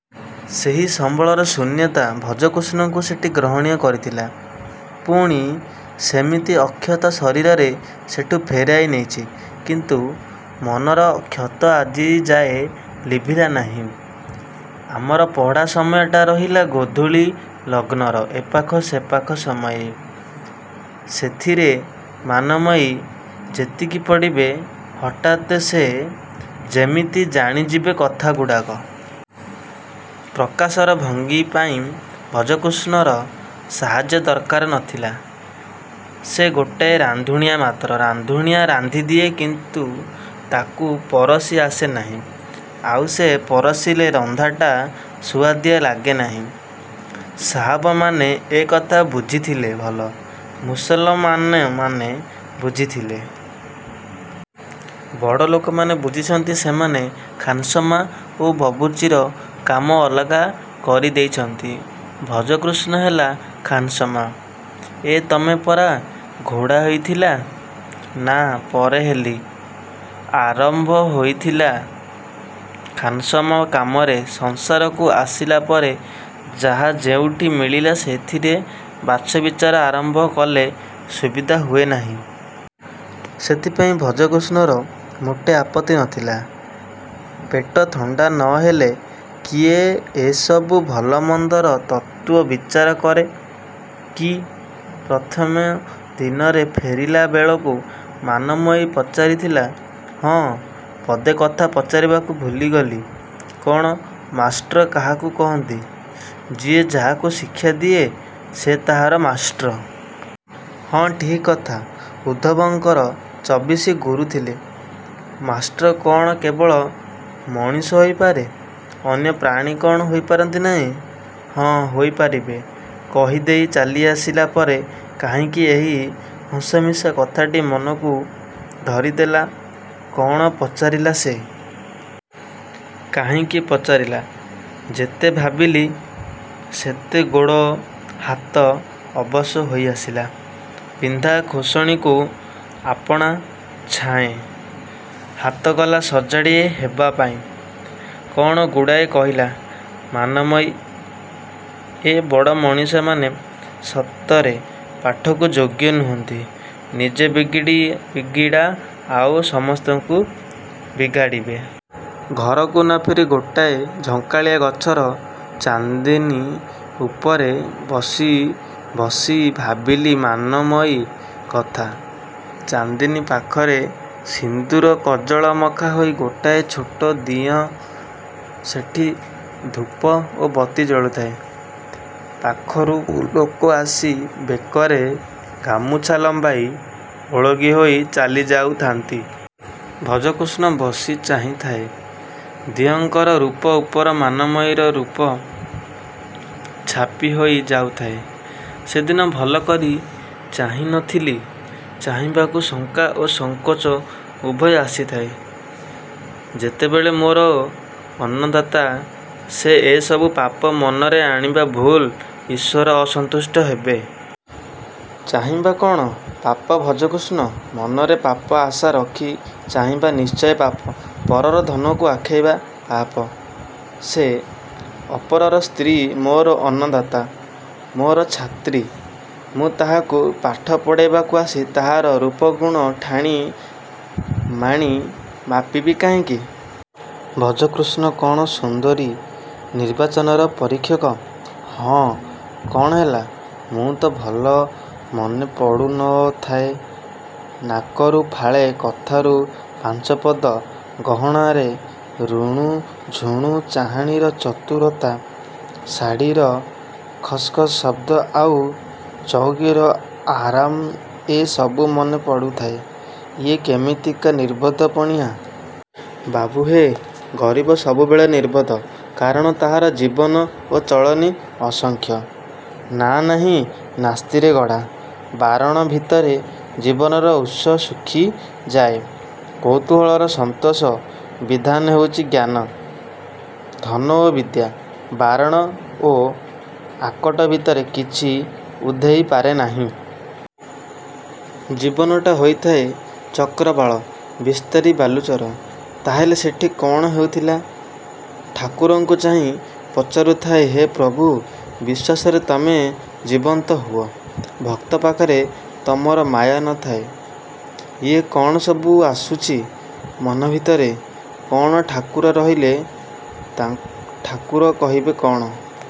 ସେହି ସମ୍ବଳର ଶୂନ୍ୟତା ଭଜକୃଷ୍ଣକୁ ସେଠି ଗ୍ରହଣୀୟ କରିଥିଲା। ପୁଣି ସେମିତି ଅକ୍ଷତ ଶରୀରରେ ସେଠୁ ଫେରାଇ ନେଇଛି; କିନ୍ତୁ ମନର କ୍ଷତ ଆଜିଯାଏ ଲିଭିଲା ନାହିଁ। ଆମର ପଢ଼ା ସମୟଟା ରହିଲା ଗୋଧୂଳି ଲଗ୍ନର ଏପାଖ-ସେପାଖ ସମୟ। ସେଥିରେ ମାନମୟୀ ଯେତିକି ପଢ଼ିବେ। ହଠାତ୍ ସେ ଯେମିତି ଜାଣିଯିବେ କଥାଗୁଡ଼ାକ। ପ୍ରକାଶର ଭଙ୍ଗୀ ପାଇଁ ଭଜକୃଷ୍ଣର ସାହାଯ୍ୟ ଦରକାର ନ ଥିଲା। ସେ ଗୋଟାଏ ରାନ୍ଧୁଣିଆ ମାତ୍ର। ରାନ୍ଧୁଣିଆ ରାନ୍ଧି ଦିଏ; କିନ୍ତୁ ତାକୁ ପରସି ଆସେ ନାହିଁ। ଆଉ ସେ ପରସିଲେ ରନ୍ଧାଟା ସୁଆଦିଆ ଲାଗେ ନାହିଁ। ସାହାବମାନେ ଏ କଥା ବୁଝିଥିଲେ ଭଲ। ମୁସଲମାନମାନେ ବୁଝିଥିଲେ-। ବଡ଼ଲୋକମାନେ ବୁଝିଛନ୍ତି-ସେମାନେ ଖାନସମା ଓ ବବୁର୍ଚ୍ଚିର କାମ ଅଲଗା କରି ଦେଇଛନ୍ତି-। ଭଜକୃଷ୍ଣ ହେଲା ଖାନସମା। -ଏଁ ତମେ ପରା ଘୋଡ଼ା ହେଇଥିଲ। -ନା, ପରେ ହେଲି। ଆରମ୍ଭ ହୋଇଥିଲା ଖାନସମା କାମରେ। ସଂସାରକୁ ଆସିଲା ପରେ ଯାହା ଯେଉଁଠି ମିଳିଲା ସେଥିରେ ବାଛ ବିଚାର ଆରମ୍ଭ କଲେ ସୁବିଧା ହୁଏ ନାହିଁ। ସେଥିପାଇଁ ଭଜକୃଷ୍ଣର ମୋଟେ ଆପତ୍ତି ନ ଥିଲା। ପେଟ ଥଣ୍ଡା ନ ହେଲେ କିଏ ଏସବୁ ଭଲମନ୍ଦର ତତ୍ତ୍ୱ ବିଚାର କରେ କି? ପ୍ରଥମ ଦିନରେ ଫେରିଲା ବେଳକୁ ମାନମୟୀ ପଚାରିଥିଲା-ହଁ, ପଦେ କଥା ପଚାରିବାକୁ ଭୁଲିଗଲି। -କ'ଣ? -ମାଷ୍ଟ୍ର କାହାକୁ କହନ୍ତି? -ଯିଏ ଯାହାକୁ ଶିକ୍ଷା ଦିଏ, ସେ ତାହାର ମାଷ୍ଟ୍ର। -ହଁ, ଠିକ୍ କଥା। -ଉଦ୍ଧବଙ୍କର ଚବିଶି ଗୁରୁ ଥିଲେ। ମାଷ୍ଟ୍ର କ'ଣ କେବଳ ମଣିଷ ହୋଇପାରେ? ଅନ୍ୟ ପ୍ରାଣୀ କ'ଣ ହୋଇ ପାରିବେ ନାହିଁ? -ହଁ, ହୋଇ ପାରିବେ। କହି ଦେଇ ଚାଲିଆସିଲା ପରେ କାହିଁକି ଏହି ହସମିଶା କଥାଟି ମନକୁ ଧରିଦେଲା। କ'ଣ ପଚାରିଲା ସେ? କାହିଁକି ପଚାରିଲା? ଯେତେ ଭାବିଲି ସେତେ ଗୋଡ଼ ହାତ ଅବଶ ହୋଇ ଆସିଲା। ପିନ୍ଧା। ଖୋସଣିକୁ ଆପଣା ଛାଏଁ ହାତ ଗଲା ସଜାଡ଼ି ହେବା ପାଇଁ। କ'ଣ ଗୁଡ଼ାଏ କହିଲା-ମାନମୟୀ? ଏହି ବଡ଼ ମଣିଷମାନେ ସତରେ ପାଠକୁ ଯୋଗ୍ୟ ନୁହନ୍ତି। ନିଜେ ବିଗିଡ଼ା ଆଉ ସମସ୍ତଙ୍କୁ ବିଗାଡ଼ିବେ। ଘରକୁ ନ ଫେରି ଗୋଟାଏ ଝଙ୍କାଳିଆ ଗଛର ଚାନ୍ଦିନୀ ଉପରେ ବସି ବସି ଭାବିଲି ମାନମୟୀ କଥା। ଚାନ୍ଦିନୀ ପାଖରେ ସିନ୍ଦୁର କଜଳ ମଖା ହୋଇ ଗୋଟାଏ ଛୋଟ ଦିଅଁ-ସେଠି ଧୂପ ଓ ବତୀ ଜଳୁଥାଏ। ପାଖରୁ ଲୋକ ଆସି ବେକରେ ଗାମୁଛା ଲମ୍ବାଇ ଓଳଗି ହେଇ ଚାଲିଯାଉଥାନ୍ତି। ଭଜକୃଷ୍ଣ ବସି ଚାହିଁଥାଏ। ଦିଅଁଙ୍କର ରୂପ ଉପରେ ମାନମୟୀର ରୂପ ଛାପି ହୋଇ ଯାଉଥାଏ। ସେଦିନ ଭଲକରି ଚାହିଁ ନ ଥିଲି। ଚାହିଁବାକୁ ଶଙ୍କା ଓ ସଙ୍କୋଚ ଉଭୟ ଆସୁଥାଏ। ଯେତେହେଲେ ମୋର ଅନ୍ନଦାତା ସେ। ଏସବୁ ପାପ ମନରେ ଆଣିବା ଭୁଲ୍। ଈଶ୍ୱର ଅସନ୍ତୁଷ୍ଟ ହେବେ। -ଚାହିଁବା କ'ଣ ପାପ ଭଜକୃଷ୍ଣ? -ମନରେ ପାପ ଆଶା ରଖି ଚାହିଁବା ନିଶ୍ଚୟ ପାପ। ପରର ଧନକୁ ଆଖେଇବା ପାପ। ସେ ଅପରର ସ୍ତ୍ରୀ। ମୋର ଅନ୍ନଦାତା। ମୋର ଛାତ୍ରୀ। ମୁଁ ତାହାକୁ ପାଠ ପଢ଼ାଇବାକୁ ଆସି ତାହାର ରୂପଗୁଣ, ଠାଣି ମାଣି ମାପିବି କାହିଁକି? ଭଜକୃଷ୍ଣ କ'ଣ ସୁନ୍ଦରୀ ନିର୍ବାଚନର ପରୀକ୍ଷକ? -ହଁ, କ'ଣ ହେଲା? -ମୁହଁ ତ ଭଲ ମନେ ପଡ଼ୁ ନ ଥାଏ। ନାକରୁ ଫାଳେ, କଥାରୁ ପାଞ୍ଚପଦ, ଗହଣାରେ ରୁଣୁଝୁଣୁ, ଚାହାଣୀର ଚତୁରତା, ଶାଢ଼ୀର ଖସ୍ଖସ୍ ଶବ୍ଦ ଆଉ ଚଉକିର ଆରାମ-ଏ ସବୁ ମନେ ପଡ଼ୁଥାଏ। -ଇଏ କେମିତିକା ନିର୍ବୋଧ-ପଣିଆ? -ବାବୁ ହେ! ଗରିବ ସବୁବେଳେ ନିର୍ବୋଧ। କାରଣ ତାହାର ଜୀବନ ଓ ଚଳନି ଅସଂଖ୍ୟ ନା-ନାହିଁ-ନାସ୍ତିରେ ଗଢ଼ା। ବାରଣ ଭିତରେ ଜୀବନର ଉତ୍ସ ଶୁଖିଯାଏ। କୌତୂହଳର ସନ୍ତୋଷ ବିଧାନ ହେଉଛି ଜ୍ଞାନ, ଧନ ଓ ବିଦ୍ୟା। ବାରଣ ଓ ଆକଟ ଭିତରେ କିଛି ଉଧେଇ ପାରେ ନାହିଁ। ଜୀବନଟା ହୋଇଥାଏ ଚକ୍ରବାଳ-ବିସ୍ତାରି ବାଲୁଚର। -ତାହାହେଲେ ସେଠି କ'ଣ ହେଉଥିଲା? -ଠାକୁରଙ୍କୁ ଚାହିଁ ପଚାରୁଥାଏ-ହେ ପ୍ରଭୁ, ବିଶ୍ୱାସରେ ତମେ ଜୀବନ୍ତ ହୁଅ। ଭକ୍ତ ପାଖରେ ତମର ମାୟା ନ ଥାଏ। ଇଏ କ'ଣ ସବୁ ଆସୁଛି ମନ ଭିତରେ? -କ'ଣ ଠାକୁର କହିଲେ? -ଠାକୁର କହିବେ କ'ଣ?